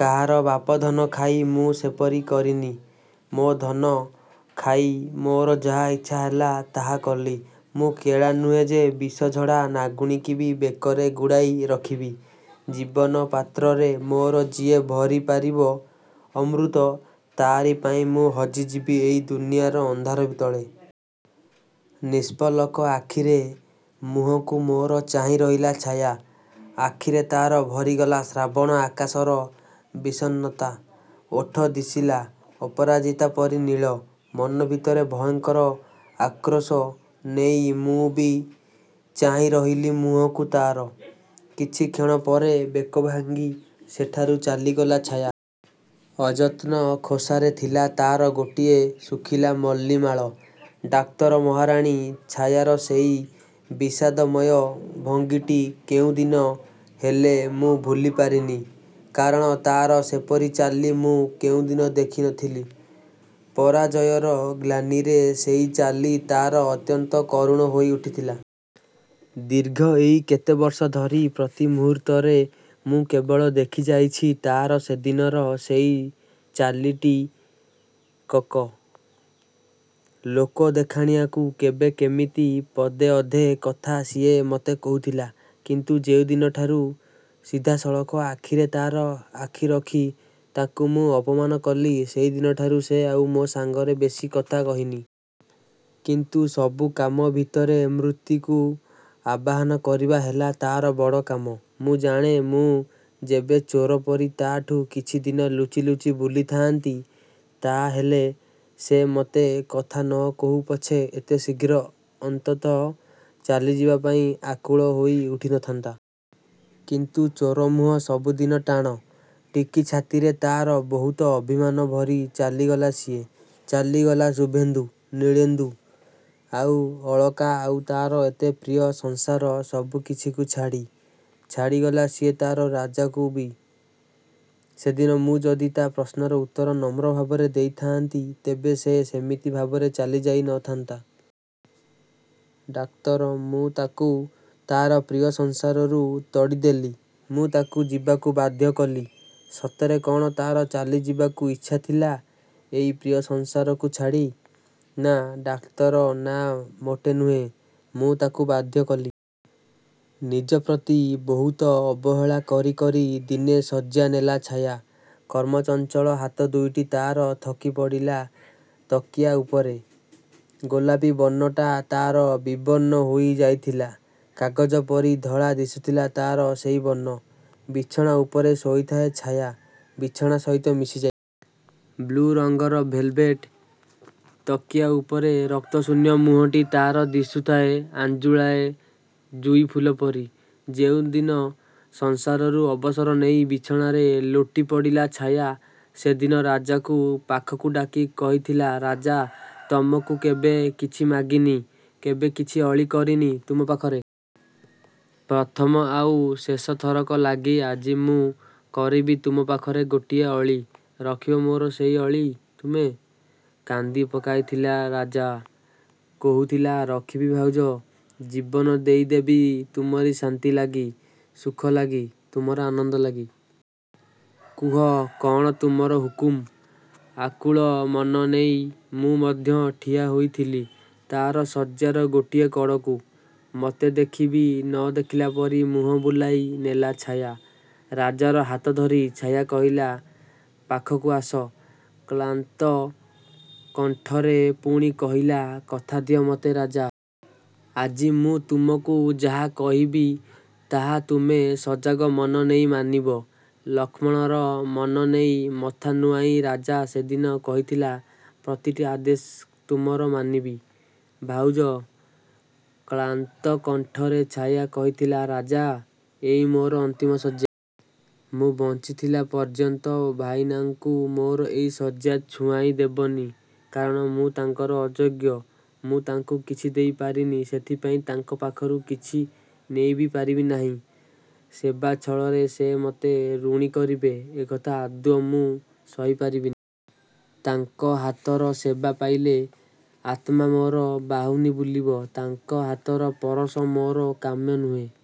କାହାର ବାପଧନ ଖାଇ ମୁଁ ସେପରି କରିନି। ମୋ ଧନ ଖାଇ ମୋର ଯାହା ଇଚ୍ଛା ହେଲା ତାହା କଲି। ମୁଁ କେଳା ନୁହେଁ ଯେ, ବିଷଝଡ଼ା ନାଗୁଣୀକି ବି ବେକରେ ଗୁଡ଼ାଇ ରଖିବି। ଜୀବନ ପାତ୍ରରେ ମୋର ଯିଏ ଭରି ପାରିବ ଅମୃତ, ତା'ରି ପାଇଁ ମୁଁ ହଜିଯିବି ଏଇ ଦୁନିଆର ଅନ୍ଧାର ତଳେ। ନିଷ୍ପଲକ ଆଖିରେ ମୁହଁକୁ ମୋର ଚାହିଁ ରହିଲା ଛାୟା। ଆଖିରେ ତା'ର ଭରିଗଲା ଶ୍ରାବଣ ଆକାଶର ବିଷନ୍ନତା। ଓଠ ଦିଶିଲା ଅପରାଜିତା ପରି ନୀଳ। ମନ ଭିତରେ ଭୟଙ୍କର ଆକ୍ରୋଶ ନେଇ ମୁଁ ବି ଚାହିଁ ରହିଲି ମୁହଁକୁ ତା'ର। କିଛି କ୍ଷଣ ପରେ ବେକ ଭାଙ୍ଗି ସେଠାରୁ ଚାଲିଗଲା ଛାୟା। ଅଯତ୍ନ ଖୋସାରେ ଥିଲା ତା'ର ଗୋଟିଏ ଶୁଖିଲା ମଲ୍ଲୀ ମାଳ। ଡାକ୍ତର, ମହାରାଣୀ ଛାୟାର ସେଇ ବିଷାଦମୟ ଭଙ୍ଗୀଟି କେଉଁଦିନ ହେଲେ ମୁଁ ଭୁଲି ପାରିନି। କାରଣ ତା'ର ସେପରି ଚାଲି ମୁଁ କେଉଁଦିନ ଦେଖି ନଥିଲି। ପରାଜୟର ଗ୍ଳାନିରେ ସେଇ ଚାଲି ତା'ର ଅତ୍ୟନ୍ତ କରୁଣ ହୋଇ ଉଠିଥିଲା। ଦୀର୍ଘ ଏଇ କେତେ ବର୍ଷ ଧରି ପ୍ରତି ମୁହୂର୍ତ୍ତରେ ମୁଁ କେବଳ ଦେଖିଯାଇଛି ତା'ର ସେଦିନର ସେଇ ଚାଲିଟିକକ। ଲୋକ ଦେଖାଣିଆକୁ କେବେ କେମିତି ପଦେ ଅଧେ କଥା ସିଏ ମତେ କହୁଥିଲା। କିନ୍ତୁ ଯେଉଁଦିନଠାରୁ ସିଧାସଳଖ ଆଖିରେ ତା'ର ଆଖି ରଖି ତାକୁ ମୁଁ ଅପମାନ କଲି, ସେଇଦିନଠାରୁ ସେ ଆଉ ମୋ ସାଙ୍ଗରେ ବେଶୀ କଥା କହିନି। କିନ୍ତୁ ସବୁ କାମ ଭିତରେ ମୃତ୍ୟୁକୁ ଆବାହନ କରିବା ହେଲା ତା'ର ବଡ଼ କାମ। ମୁଁ ଜାଣେ ମୁଁ ଯେବେ ଚୋର ପରି ତା'ଠୁ କିଛି ଦିନ ଲୁଚି ଲୁଚି ବୁଲିଥାଆନ୍ତି, ତାହାହେଲେ ସେ ମତେ କଥା ନ କହୁ ପଛେ ଏତେ ଶୀଘ୍ର ଅନ୍ତତଃ ଚାଲି ଯିବା ପାଇଁ ଆକୁଳ ହୋଇ ଉଠି ନଥାନ୍ତା। କିନ୍ତୁ ଚୋର ମୁହଁ ସବୁଦିନ ଟାଣ। ଟିକି ଛାତିରେ ତା'ର ବହୁତ ଅଭିମାନ ଭରି ଚାଲିଗଲା ସିଏ। ଚାଲିଗଲା ଶୁଭେନ୍ଦୁ, ନୀଳେନ୍ଦୁ, ଆଉ ଅଳକା ଆଉ ତା'ର ଏତେ ପ୍ରିୟ ସଂସାର ସବୁକିଛିକୁ ଛାଡ଼ି। ଛାଡ଼ିଗଲା ସିଏ ତା'ର ରାଜାକୁ ବି। ସେଦିନ ମୁଁ ଯଦି ତା' ପ୍ରଶ୍ନର ଉତ୍ତର ନମ୍ର ଭାବରେ ଦେଇଥାଆନ୍ତି ତେବେ ସେ ସେମିତି ଭାବରେ ଚାଲି ଯାଇ ନଥାଆନ୍ତା। ଡାକ୍ତର, ମୁଁ ତାକୁ ତା'ର ପ୍ରିୟ ସଂସାରରୁ ତଡ଼ି ଦେଲି। ମୁଁ ତାକୁ ଯିବାକୁ ବାଧ୍ୟ କଲି। ସତରେ କ'ଣ ତା'ର ଚାଲି ଯିବାକୁ ଇଚ୍ଛା ଥିଲା ଏଇ ପ୍ରିୟ ସଂସାରକୁ ଛାଡ଼ି! ନା ଡାକ୍ତର, ନା, ମୋଟେ ନୁହେଁ। ମୁଁ ତାକୁ ବାଧ୍ୟ କଲି। ନିଜ ପ୍ରତି ବହୁତ ଅବହେଳା କରି କରି ଦିନେ ଶଯ୍ୟା ନେଲା ଛାୟା। କର୍ମଚଞ୍ଚଳ ହାତ ଦୁଇଟି ତା'ର ଥକି ପଡ଼ିଲା ତକିଆ ଉପରେ। ଗୋଲାପୀ ବର୍ଣ୍ଣଟା ତା'ର ବିବର୍ଣ୍ଣ ହୋଇ ଯାଇଥିଲା। କାଗଜ ପରି ଧଳା ଦିଶୁଥିଲା ତା'ର ସେଇ ବର୍ଣ୍ଣ। ବିଛଣା ଉପରେ ଶୋଇଥାଏ ଛାୟା, ବିଛଣା ସହିତ ମିଶି ଯାଇ। ବ୍ଲୁ ରଙ୍ଗର ଭେଲ୍‌ଭେଟ୍ ତକିଆ ଉପରେ ରକ୍ତଶୂନ୍ୟ ମୁହଁଟି ତା'ର ଦିଶୁଥାଏ ଆଞ୍ଜୁଳାଏ ଜୁଇଫୁଲ ପରି। ଯେଉଁଦିନ ସଂସାରରୁ ଅବସର ନେଇ ବିଛଣାରେ ଲୋଟି ପଡ଼ିଲା ଛାୟା, ସେଦିନ ରାଜାକୁ ପାଖକୁ ଡାକି କହିଥିଲା ରାଜା, ତୁମକୁ କେବେ କିଛି ମାଗିନି। କେବେ କିଛି ଅଳି କରିନି ତୁମ ପାଖରେ। ପ୍ରଥମ ଆଉ ଶେଷ ଥରକ ଲାଗି ଆଜି ମୁଁ କରିବି ତୁମ ପାଖରେ ଗୋଟିଏ ଅଳି। ରଖିବ ମୋର ସେଇ ଅଳି ତୁମେ? କାନ୍ଦି ପକାଇଥିଲା ରାଜା। କହୁଥିଲା ରଖିବି ଭାଉଜ। ଜୀବନ ଦେଇ ଦେବି ତୁମରି ଶାନ୍ତି ଲାଗି, ସୁଖ ଲାଗି, ତୁମର ଆନନ୍ଦ ଲାଗି। କୁହ, କ'ଣ ତୁମର ହୁକୁମ। ଆକୁଳ ମନ ନେଇ ମୁଁ ମଧ୍ୟ ଠିଆ ହୋଇଥିଲି ତା'ର ଶଯ୍ୟାର ଗୋଟିଏ କଡ଼କୁ। ମତେ ଦେଖି ବି ନ ଦେଖିଲା ପରି ମୁହଁ ବୁଲାଇ ନେଲା ଛାୟା। ରାଜାର ହାତ ଧରି ଛାୟା କହିଲା ପାଖକୁ ଆସ। କ୍ଳାନ୍ତ କଣ୍ଠରେ ପୁଣି କହିଲା କଥା ଦିଅ ମତେ ରାଜା। ଆଜି ମୁଁ ତୁମକୁ ଯାହା କହିବି, ତାହା ତୁମେ ସଜାଗ ମନ ନେଇ ମାନିବ। ଲକ୍ଷ୍ମଣର ମନ ନେଇ ମଥା ନୁଆଁଇ ରାଜା ସେଦିନ କହିଥିଲା ପ୍ରତିଟି ଆଦେଶ ତୁମର ମାନିବି ଭାଉଜ। କ୍ଳାନ୍ତ କଣ୍ଠରେ ଛାୟା କହିଥିଲା ରାଜା! ଏଇ ମୋର ଅନ୍ତିମ ଶଯ୍ୟା। ମୁଁ ବଞ୍ଚିଥିଲା ପର୍ଯ୍ୟନ୍ତ ଭାଇନାଙ୍କୁ ମୋର ଏଇ ଶଯ୍ୟା ଛୁଆଁଇ ଦେବନି। କାରଣ ମୁଁ ତାଙ୍କର ଅଯୋଗ୍ୟ। ମୁଁ ତାଙ୍କୁ କିଛି ଦେଇ ପାରିନି ସେଥିପାଇଁ ତାଙ୍କ ପାଖରୁ କିଛି ନେଇ ବି ପାରିବି ନାହିଁ। ସେବା ଛଳରେ ସେ ମତେ ଋଣୀ କରିବେ ଏକଥା ଆଦୌ ମୁଁ ସହି ପାରିବିନି। ତାଙ୍କ ହାତର ସେବା ପାଇଲେ ଆତ୍ମା ମୋର ବାହୁନି ବୁଲିବ। ତାଙ୍କର ହାତର ପରଶ ମୋର କାମ୍ୟ ନୁହେଁ।